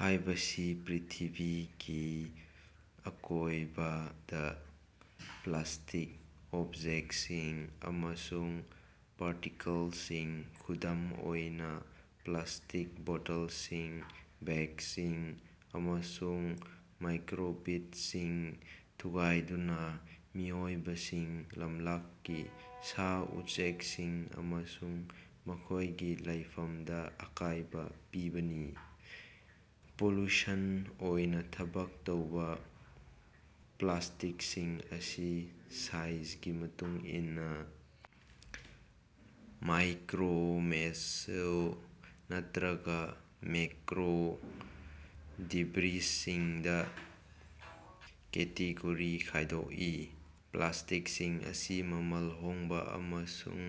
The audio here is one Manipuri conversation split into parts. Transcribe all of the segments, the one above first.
ꯍꯥꯏꯕꯁꯤ ꯄ꯭ꯔꯤꯊꯤꯕꯤꯒꯤ ꯑꯀꯣꯏꯕꯗꯥ ꯄ꯭ꯂꯥꯁꯇꯤꯛ ꯑꯣꯕꯖꯦꯛꯁꯤꯡ ꯑꯃꯁꯨꯡ ꯄꯥꯔꯇꯤꯀꯜꯁꯤꯡ ꯈꯨꯗꯝ ꯑꯣꯏꯅꯥ ꯄ꯭ꯂꯥꯁꯇꯤꯛ ꯕꯣꯇꯜꯁꯤꯡ ꯕꯦꯒꯁꯤꯡ ꯑꯃꯁꯨꯡ ꯃꯥꯏꯀ꯭ꯔꯣꯕꯤꯗꯁꯤꯡ ꯊꯨꯒꯥꯏꯗꯨꯅꯥ ꯃꯤꯑꯣꯏꯕꯁꯤꯡ ꯂꯝꯂꯛꯀꯤ ꯁꯥ ꯎꯆꯦꯛꯁꯤꯡ ꯑꯃꯁꯨꯡ ꯃꯈꯣꯏꯒꯤ ꯂꯩꯐꯝꯗꯥ ꯑꯀꯥꯏꯕꯥ ꯄꯤꯕꯅꯤ꯫ ꯄꯣꯂꯨꯁꯟ ꯑꯣꯏꯅꯥ ꯊꯕꯛ ꯇꯧꯕꯥ ꯄ꯭ꯂꯥꯁꯇꯤꯛꯁꯤꯡ ꯑꯁꯤ ꯁꯥꯏꯖꯒꯤ ꯃꯇꯨꯡ ꯏꯟꯅꯥ ꯃꯥꯏꯀ꯭ꯔꯣ ꯃꯦꯁꯣ ꯅꯠꯇ꯭ꯔꯒꯥ ꯃꯦꯀ꯭ꯔꯣ ꯗꯦꯕ꯭ꯔꯤꯁꯁꯤꯡꯗꯥ ꯀꯦꯇꯦꯒꯣꯔꯤ ꯈꯥꯌꯗꯣꯛꯏ꯫ ꯄ꯭ꯂꯥꯁꯇꯤꯛꯁꯤꯡ ꯑꯁꯤ ꯃꯃꯜ ꯍꯣꯡꯕꯥ ꯑꯃꯁꯨꯡ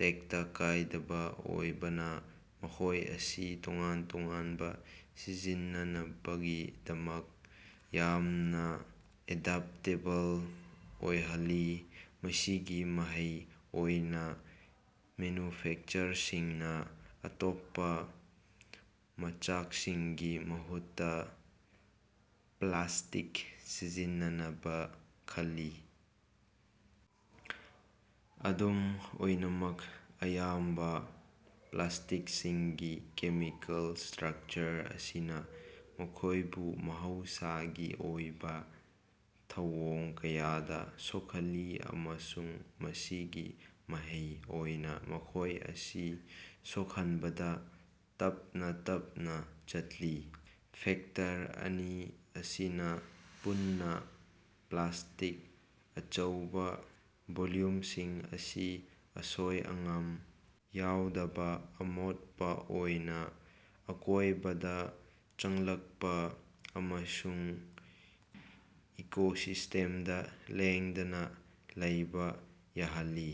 ꯇꯦꯛꯇ ꯀꯥꯏꯗꯕꯥ ꯑꯣꯏꯕꯅꯥ ꯃꯈꯣꯏ ꯑꯁꯤ ꯇꯣꯉꯥꯟ ꯇꯣꯉꯥꯟꯕꯥ ꯁꯤꯖꯤꯟꯅꯅꯕꯒꯤꯗꯃꯛ ꯌꯥꯝꯅꯥ ꯑꯦꯗꯞꯇꯦꯕꯜ ꯑꯣꯏꯍꯜꯂꯤ ꯃꯁꯤꯒꯤ ꯃꯍꯩ ꯑꯣꯏꯅꯥ ꯃꯦꯅ꯭ꯌꯨꯐꯦꯛꯆꯔꯔꯁꯤꯡꯅꯥ ꯑꯇꯣꯞꯄꯥ ꯃꯆꯥꯛꯁꯤꯡꯒꯤ ꯃꯍꯨꯠꯇꯥ ꯄ꯭ꯂꯥꯁꯇꯤꯛ ꯁꯤꯖꯤꯟꯅꯅꯕꯥ ꯈꯜꯂꯤ꯫ ꯑꯗꯨꯝ ꯑꯣꯏꯅꯃꯛ ꯑꯌꯥꯝꯕꯥ ꯄ꯭ꯂꯥꯁꯇꯤꯛꯁꯤꯡꯒꯤ ꯀꯦꯃꯤꯀꯦꯜ ꯁ꯭ꯇꯔꯛꯆꯔ ꯑꯁꯤꯅꯥ ꯃꯈꯣꯏꯕꯨ ꯃꯍꯧꯁꯥꯒꯤ ꯑꯣꯏꯕꯥ ꯊꯧꯑꯣꯡ ꯀꯌꯥꯗꯥ ꯁꯣꯛꯍꯜꯂꯤ ꯑꯃꯁꯨꯡ ꯃꯁꯤꯒꯤ ꯃꯍꯩ ꯑꯣꯏꯅꯥ ꯃꯈꯣꯏ ꯑꯁꯤ ꯁꯣꯛꯍꯟꯕꯗꯥ ꯇꯞꯅꯥ ꯇꯞꯅꯥ ꯆꯠꯂꯤ꯫ ꯐꯦꯛꯇꯔ ꯑꯅꯤ ꯑꯁꯤꯅꯥ ꯄꯨꯟꯅꯥ ꯄ꯭ꯂꯥꯁꯇꯤꯛ ꯑꯆꯧꯕꯥ ꯚꯣꯜꯌꯨꯝꯁꯤꯡ ꯑꯁꯤ ꯑꯁꯣꯏ ꯑꯉꯥꯝ ꯌꯥꯎꯗꯕꯥ ꯑꯃꯣꯠꯄꯥ ꯑꯣꯏꯅꯥ ꯑꯀꯣꯏꯕꯗꯥ ꯆꯪꯂꯛꯄꯥ ꯑꯃꯁꯨꯡ ꯏꯀꯣꯁꯤꯁ꯭ꯇꯦꯝꯗꯥ ꯂꯦꯡꯗꯅꯥ ꯂꯩꯕꯥ ꯌꯥꯍꯜꯂꯤ꯫